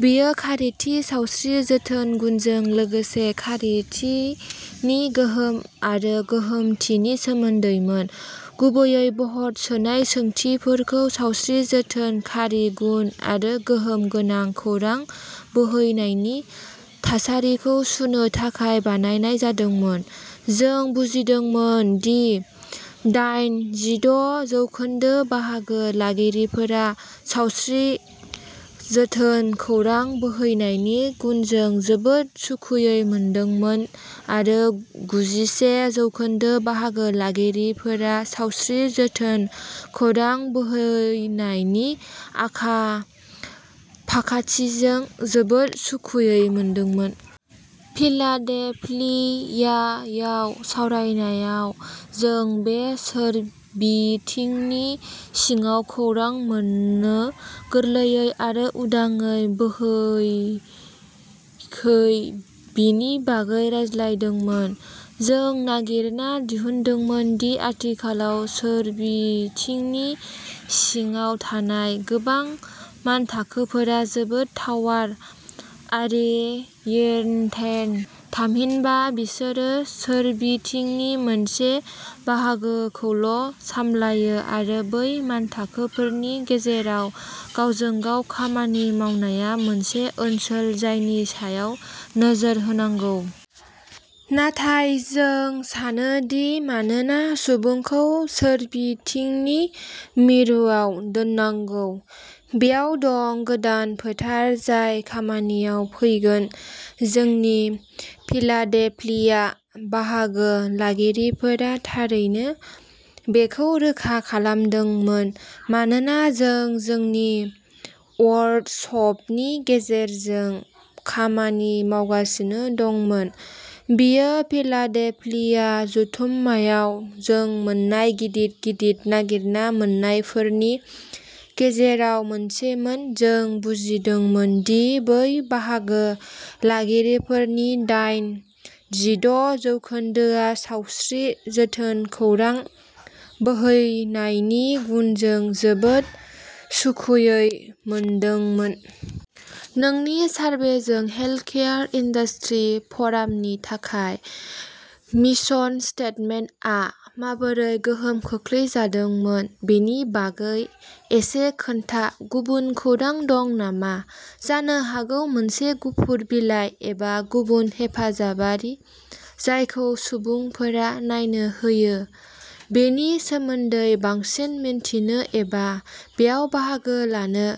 बेयो खारिथिनि सावस्रि जोथोन गुनजों लोगोसे खारिथिनि गोहोम आरो गोहोमथिनि सोमोन्दैमोन गुबैयै भट सोनाय सोंथिफोरखौ सावस्रि जोथोन खारि गुन आरो गोहोम गोनां खौरां बोहैनायनि थासारिखौ सुनो थाखाय बानायनाय जादोंमोन। जों बुजिदोंमोन दि दाइन जिद' जौखोन्दो बाहागो लागिरिफोरा सावस्रि जोथोन खौरां बोहैनायनि गुनजों जोबोद सुखुयै मोनदोंमोन आरो गुजिसे जौखोन्दो बाहागो लागिरिफोरा सावस्रि जोथोन खौरां बोहैनायनि आखा फाखाथिजों जोबोद सुखुयै मोनदोंमोन। फिलाडेल्फियायाव सावरायनायाव जों बे सोरबिथिंनि सिङाव खौरां मानो गोरलैयै आरो उदाङै बोहैाखै बेनि बागै रायज्लायदोंमोन। जों नागिरना दिहुनदोंमोन दि आथिखालाव सोरबिथिंनि सिङाव थानाय गोबां मानथाखोफोरा जोबोद टावार ओरियेन्टेड थामहिनबा बिसोरो सोरबिथिंनि मोनसे बाहागोखौल'सामलायो आरो बै मानथाखोफोरनि गेजेराव गावजों गाव खामानि मावनाया मोनसे ओनसोल जायनि सायाव नोजोर होनांगौ। नाथाय जों सानो दि मानोना सुबुंखौ सोरबिथिंनि मिरुआव दोननांगौ बेयाव दं गोदान फोथार जाय खामानियाव फैगोन जोंनि फिलाडेल्फिया बाहागो लागिरिफोरा थारैनो बेखौ रोखा खालामदोंमोन मानोना जों जोंनि वर्कसपनि गेजेरजों खामानि मावगासिनो दंमोन। बेयो फिलाडेल्फिया जथुम्मायाव जों मोन्नाय गिदिर गिदिर नागिरना मोन्नायफोरनि गेजेराव मोनसेमोन जों बुजिदोंमोन दि बै बाहागो लागिरिफोरनि दाइन जिद' जौखोन्दोआ सावस्रि जोथोन खौरां बोहैनायनि गुनजों जोबोद सुखुयै मोनदोंमोन। नोंनि सारभेजों हेल्थकेयार इन्डास्ट्रि फ'रामनि थाखाय मिसन स्टेटमेन्टआ माबोरै गोहोम खोख्लैजादोंमोन बेनि बागै एसे खोन्था गुबुन खौरां दं नामा जानो हागौ मोनसे गुफुर बिलाइ एबा गुबुन हेफाजाबारि जायखौ सुबुंफोरा नायनो हायो बेनि सोमोन्दै बांसिन मिथिनो एबा बेयाव बाहागो लानो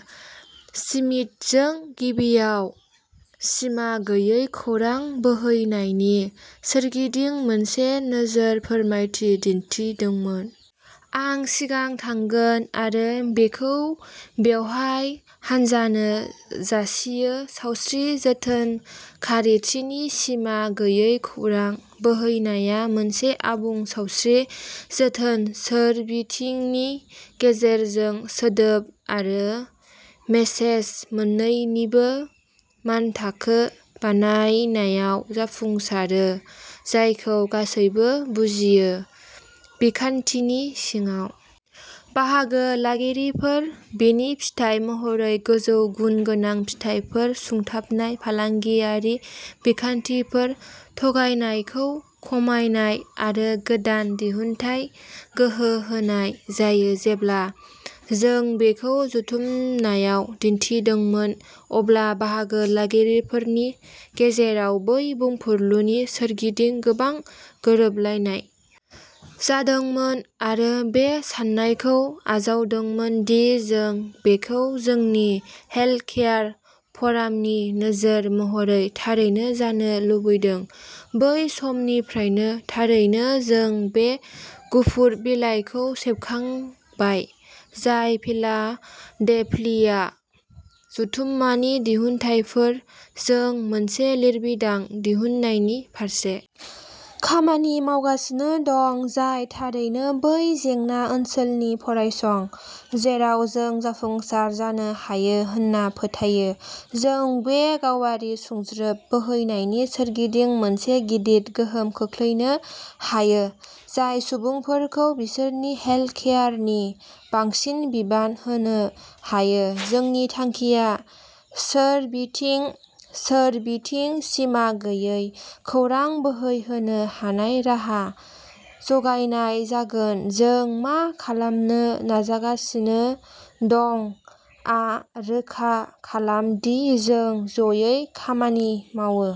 श्मिट जों गिबियाव सिमा गैयै खौरां बोहैनायनि सोरगिदिं मोनसे नोजोर फोरमायथि दिन्थिदोंमोन। आं सिगां थांगोन आरो बेखौ बेवहाय हानजानो जासियो सावस्रि जोथोन खारिथिनि सिमा गैयै खौरां बोहैनाया मोनसे आबुं सावस्रि जोथोन सोरबिथिंनि गेजेरजों सोदोब आरो मेसेज मोन्नैनिबो मानथाखो बानायनायाव जाफुंसारो जायखौ गासैबो बुजियो। बिखान्थिनि सिङाव बाहागो लागिरिफोर बेनि फिथाय महरै गोजौ गुनगोनां फिथायफोर सुंथाबनाय फालांगियारि बिखान्थिफोर थगायनायखौ खमायनाय आरो गोदान दिहुनथाइ गोहो होनाय जायो जेब्ला जों बेखौ जथुमनायाव दिन्थिदोंमोन अब्ला बाहागो लागिरिफोरनि गेजेराव बै बुंफुरलुनि सोरगिदिं गोबां गोरोबलायनाय जादोंमोन आरो बे साननायखौ आजावदोंमोन दि जों बेखौ जोंनि हेल्थकेयार फ'रामनि नोजोर महरै थारैनो जानो लुबैदों बै समनिफ्रायनो थारैनो जों बे गुफुर बिलाइखौ सेबखांबाय जाय फिलाडेल्फिया जथुमानि दिहुनथायफोर जों मोनसे लिरबिदां दिहुननायनि फारसे खामानि मावगासिनो दं जाय थारैनो बै जेंना ओनसोलनि फरायसं जेराव जों जाफुंसार जानो हायो होनना फोथायो जों बे गावारि सुंज्रोब बोहैनायनि सोरगिदिं मोनसे गिदिर गोहोम खोख्लैनो हायो जाय सुबुंफोरखौ बिसोरनि हेल्थकेयारनि बांसिन बिबान होनो हायो जोंनि थांखिया सोरबिथिं सोरबिथिं सिमा गैयै खौरां बोहैहोनो हानाय राहा जगायनाय जागोन जों मा खालामनो नाजागासिनो दंआ रोखा खालाम दि जों जयै खामानि मावो।